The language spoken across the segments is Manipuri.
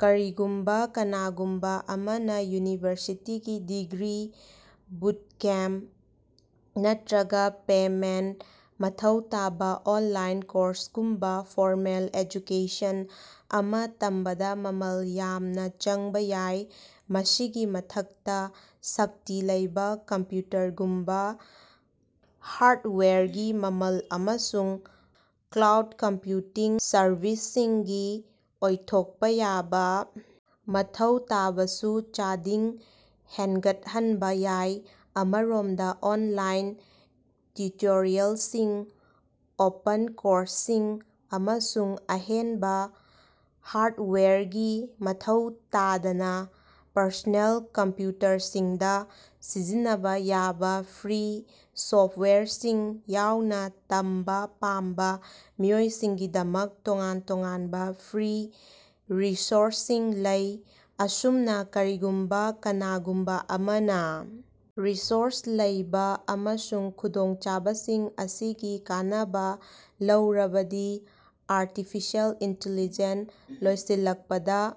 ꯀꯔꯤꯒꯨꯝꯕꯥ ꯀꯅꯥꯒꯨꯝꯕꯥ ꯑꯃꯅꯥ ꯌꯨꯅꯤꯚꯔꯁꯤꯇꯤꯒꯤ ꯗꯤꯒ꯭ꯔꯤ, ꯕꯨꯠꯀꯦꯝꯄ ꯅꯠꯇ꯭ꯔꯒꯥ ꯄꯦꯃꯦꯟꯇ ꯃꯊꯧ ꯇꯥꯕꯥ ꯑꯣꯟꯂꯥꯏꯟ ꯀꯣꯔꯁꯒꯨꯝꯕꯥ ꯐꯣꯔꯃꯦꯜ ꯑꯦꯖꯨꯀꯦꯁꯟ ꯑꯃꯥ ꯇꯝꯕꯗꯥ ꯃꯃꯜ ꯌꯥꯝꯅꯥ ꯆꯪꯕꯥ ꯌꯥꯏ꯫ ꯃꯁꯤꯒꯤ ꯃꯊꯛꯇꯥ, ꯁꯛꯇꯤ ꯂꯩꯕꯥ ꯀꯝꯄ꯭ꯌꯨꯇꯔꯒꯨꯝꯕꯥ ꯍꯥꯔꯠꯋꯥꯌꯔꯒꯤ ꯃꯃꯜ ꯑꯃꯁꯨꯡ ꯀ꯭ꯂꯥꯎꯠ ꯀꯝꯄ꯭ꯌꯨꯇꯤꯡ ꯁꯔꯚꯤꯁꯁꯤꯡꯒꯤ ꯑꯣꯏꯊꯣꯛꯄꯥ ꯌꯥꯕꯥ ꯃꯊꯧ ꯇꯥꯕꯁꯨ ꯆꯥꯗꯤꯡ ꯍꯦꯟꯒꯠꯍꯟꯕꯥ ꯌꯥꯏ꯫ ꯑꯃꯔꯣꯝꯗꯥ, ꯑꯣꯟꯂꯥꯏꯟ ꯇꯤꯎꯇꯣꯔꯤꯌꯦꯜꯁꯤꯡ, ꯑꯣꯄꯟ ꯀꯣꯔꯁꯁꯤꯡ ꯑꯃꯁꯨꯡ ꯑꯍꯦꯟꯕꯥ ꯍꯥꯔꯠꯋꯥꯌꯔꯒꯤ ꯃꯊꯧ ꯇꯥꯗꯅꯥ ꯄꯔꯁꯣꯅꯦꯜ ꯀꯝꯄ꯭ꯌꯨꯇꯔꯁꯤꯡꯗꯥ ꯁꯤꯖꯤꯟꯅꯕꯥ ꯌꯥꯕꯥ ꯐ꯭ꯔꯤ ꯁꯣꯞꯋꯥꯌꯔꯁꯤꯡ ꯌꯥꯎꯅꯥ, ꯇꯝꯕꯥ ꯄꯥꯝꯕꯥ ꯃꯤꯑꯣꯏꯁꯤꯡꯒꯤꯗꯃꯛ ꯇꯣꯉꯥꯟ-ꯇꯣꯉꯥꯟꯕꯥ ꯐ꯭ꯔꯤ ꯔꯤꯁꯣꯔꯁꯁꯤꯡ ꯂꯩ꯫ ꯑꯁꯨꯝꯅꯥ, ꯀꯔꯤꯒꯨꯝꯕꯥ ꯀꯅꯥꯒꯨꯝꯕꯥ ꯑꯃꯅꯥ ꯔꯤꯁꯣꯔꯁ ꯂꯩꯕꯥ ꯑꯃꯁꯨꯡ ꯈꯨꯗꯣꯡꯆꯥꯕꯁꯤꯡ ꯑꯁꯤꯒꯤ ꯀꯥꯟꯅꯕꯥ ꯂꯧꯔꯕꯗꯤ ꯑꯔꯇꯤꯐꯤꯁꯦꯜ ꯏꯟꯇꯤꯂꯤꯖꯦꯟ ꯂꯣꯏꯁꯤꯜꯂꯛꯄꯗꯥ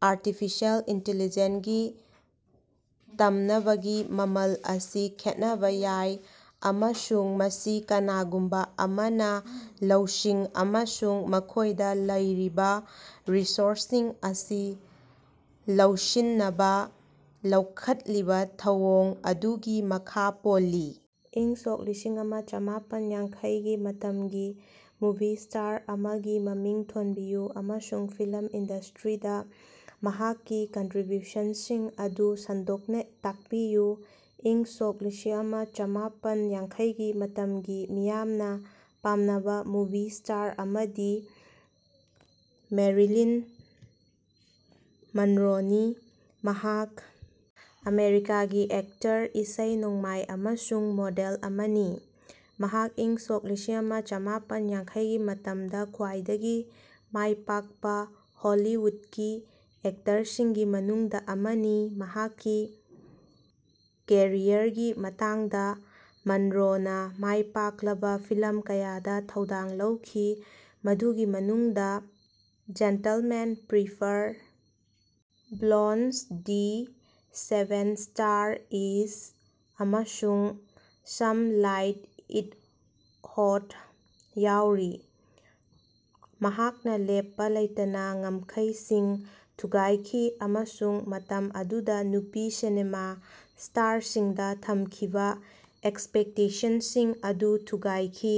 ꯑꯔꯇꯤꯐꯤꯁꯦꯜ ꯏꯟꯇꯤꯂꯤꯖꯦꯟꯒꯤ ꯇꯝꯅꯕꯒꯤ ꯃꯃꯜ ꯑꯁꯤ ꯈꯦꯠꯅꯕꯥ ꯌꯥꯏ ꯑꯃꯁꯨꯡ ꯃꯁꯤ ꯀꯅꯥꯒꯨꯝꯕꯥ ꯑꯃꯅꯥ ꯂꯧꯁꯤꯡ ꯑꯃꯁꯨꯡ ꯃꯈꯣꯏꯗꯥ ꯂꯩꯔꯤꯕꯥ ꯔꯤꯁꯣꯔꯁꯁꯤꯡ ꯑꯁꯤ ꯂꯧꯁꯤꯟꯅꯕꯥ ꯂꯧꯈꯠꯂꯤꯕꯥ ꯊꯧꯑꯣꯡ ꯑꯗꯨꯒꯤ ꯃꯈꯥ ꯄꯣꯜꯂꯤ꯫ ꯏꯪ ꯁꯣꯛ ꯂꯤꯁꯤꯑꯃ ꯆꯥꯝꯃꯥꯄꯟ ꯌꯥꯡꯈꯩꯒꯤ ꯃꯇꯝꯒꯤ ꯃꯨꯚꯤ ꯁ꯭ꯇꯥꯔ ꯑꯃꯒꯤ ꯃꯃꯤꯡ ꯊꯣꯟꯕꯤꯌꯨ ꯑꯃꯁꯨꯡ ꯐꯤꯂꯝ ꯏꯟꯗꯁꯇ꯭ꯔꯤꯗꯥ ꯃꯍꯥꯛꯀꯤ ꯀꯟꯇ꯭ꯔꯤꯕ꯭ꯌꯨꯁꯟꯁꯤꯡ ꯑꯗꯨ ꯁꯟꯗꯣꯛꯅꯥ ꯇꯥꯛꯄꯤꯌꯨ꯫ ꯏꯪ ꯁꯣꯛ ꯂꯤꯁꯤꯑꯃ ꯆꯥꯝꯃꯥꯄꯟ ꯌꯥꯡꯈꯩꯒꯤ ꯃꯇꯝꯒꯤ ꯃꯤꯌꯥꯝꯅꯥ ꯄꯥꯝꯅꯕꯥ ꯃꯨꯚꯤ ꯁ꯭ꯇꯥꯔ ꯑꯃꯗꯤ ꯃꯦꯔꯤꯂꯤꯟ ꯃꯟꯔꯣꯅꯤ꯫ ꯃꯍꯥꯛ ꯑꯃꯦꯔꯤꯀꯥꯒꯤ ꯑꯦꯛꯇꯔ, ꯏꯁꯩ ꯅꯣꯡꯃꯥꯏ ꯑꯃꯁꯨꯡ ꯃꯣꯗꯦꯜ ꯑꯃꯅꯤ, ꯃꯍꯥꯛ ꯏꯪ ꯁꯣꯛ ꯂꯤꯁꯤꯑꯃ ꯆꯥꯝꯃꯥꯄꯟ ꯌꯥꯡꯈꯩꯒꯤ ꯃꯇꯝꯗꯥ ꯈ꯭ꯋꯥꯏꯗꯒꯤ ꯃꯥꯏꯄꯥꯛꯄꯥ ꯍꯣꯂꯤꯋꯨꯠꯀꯤ ꯑꯦꯛꯇꯔꯁꯤꯡꯒꯤ ꯃꯅꯨꯡꯗꯥ ꯑꯃꯅꯤ꯫ ꯃꯍꯥꯛꯀꯤ ꯀꯦꯔꯤꯌꯔꯒꯤ ꯃꯇꯝꯗꯥ ꯃꯟꯔꯣꯅꯥ ꯃꯥꯏꯄꯥꯛꯂꯕꯥ ꯐꯤꯂꯝ ꯀꯌꯥꯗꯥ ꯊꯧꯗꯥꯡ ꯂꯧꯈꯤ, ꯃꯗꯨꯒꯤ ꯃꯅꯨꯡꯗꯥ "gentlemen prefer blondes", "the seven year itch" ꯑꯃꯁꯨꯡ "ꯁꯝ ꯂꯥꯏꯛ ꯏꯠ ꯍꯣꯠ" ꯌꯥꯎꯔꯤ꯫ ꯃꯍꯥꯛꯅꯥ ꯂꯦꯞꯄꯥ ꯂꯩꯇꯅꯥ ꯉꯝꯈꯩꯁꯤꯡ ꯊꯨꯒꯥꯏꯈꯤ ꯑꯃꯁꯨꯡ ꯃꯇꯝ ꯑꯗꯨꯗꯥ ꯅꯨꯄꯤ ꯁꯤꯅꯦꯃꯥ ꯁ꯭ꯇꯥꯔꯁꯤꯡꯗꯥ ꯊꯝꯈꯤꯕꯥ ꯑꯦꯛꯁꯄꯦꯛꯇꯦꯁꯟꯁꯤꯡ ꯑꯗꯨ ꯊꯨꯒꯥꯏꯈꯤ꯫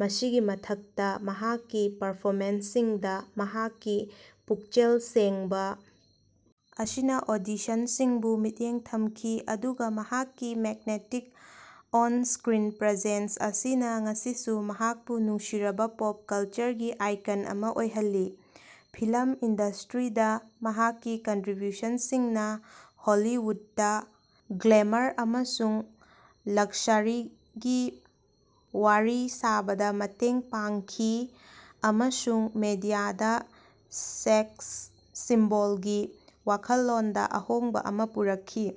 ꯃꯁꯤꯒꯤ ꯃꯊꯛꯇꯥ, ꯃꯍꯥꯛꯀꯤ ꯄꯔꯐꯣꯃꯦꯟꯁꯁꯤꯡꯗꯥ ꯃꯍꯥꯛꯀꯤ ꯄꯨꯛꯆꯦꯜ ꯁꯦꯡꯕꯥ ꯑꯁꯤꯅꯥ ꯑꯣꯗꯤꯁꯟꯁꯤꯡꯕꯨ ꯃꯤꯠꯌꯦꯡ ꯊꯝꯈꯤ, ꯑꯗꯨꯒꯥ ꯃꯍꯥꯛꯀꯤ ꯃꯦꯛꯅꯦꯇꯤꯛ ꯑꯣꯟꯁꯀ꯭ꯔꯤꯟ ꯄ꯭ꯔꯦꯖꯦꯟꯁ ꯑꯁꯤꯅꯥ ꯉꯁꯤꯁꯨ ꯃꯍꯥꯛꯄꯨ ꯅꯨꯡꯁꯤꯖꯔꯕꯥ ꯄꯣꯞ ꯀꯜꯆꯔꯒꯤ ꯑꯥꯏꯀꯟ ꯑꯃꯥ ꯑꯣꯏꯍꯜꯂꯤ꯫ ꯐꯤꯂꯝ ꯏꯟꯗꯁꯇ꯭ꯔꯤꯗꯥ ꯃꯍꯥꯛꯀꯤ ꯀꯟꯇ꯭ꯔꯤꯕ꯭ꯌꯨꯁꯟꯁꯤꯡꯅꯥ ꯍꯣꯂꯤꯋꯨꯗꯇꯥ ꯒ꯭ꯂꯦꯃꯔ ꯑꯃꯁꯨꯡ ꯂꯛꯁꯥꯔꯤꯒꯤ ꯋꯥꯔꯤ ꯁꯥꯕꯗꯥ ꯃꯇꯦꯡ ꯄꯥꯡꯈꯤ ꯑꯃꯁꯨꯡ ꯃꯤꯗꯤꯌꯥꯗꯥ ꯁꯦꯛꯁ ꯁꯤꯝꯕꯣꯜꯒꯤ ꯋꯥꯈꯜꯂꯣꯟꯗꯥ ꯑꯍꯣꯡꯕꯥ ꯑꯃꯥ ꯄꯨꯔꯛꯈꯤ꯫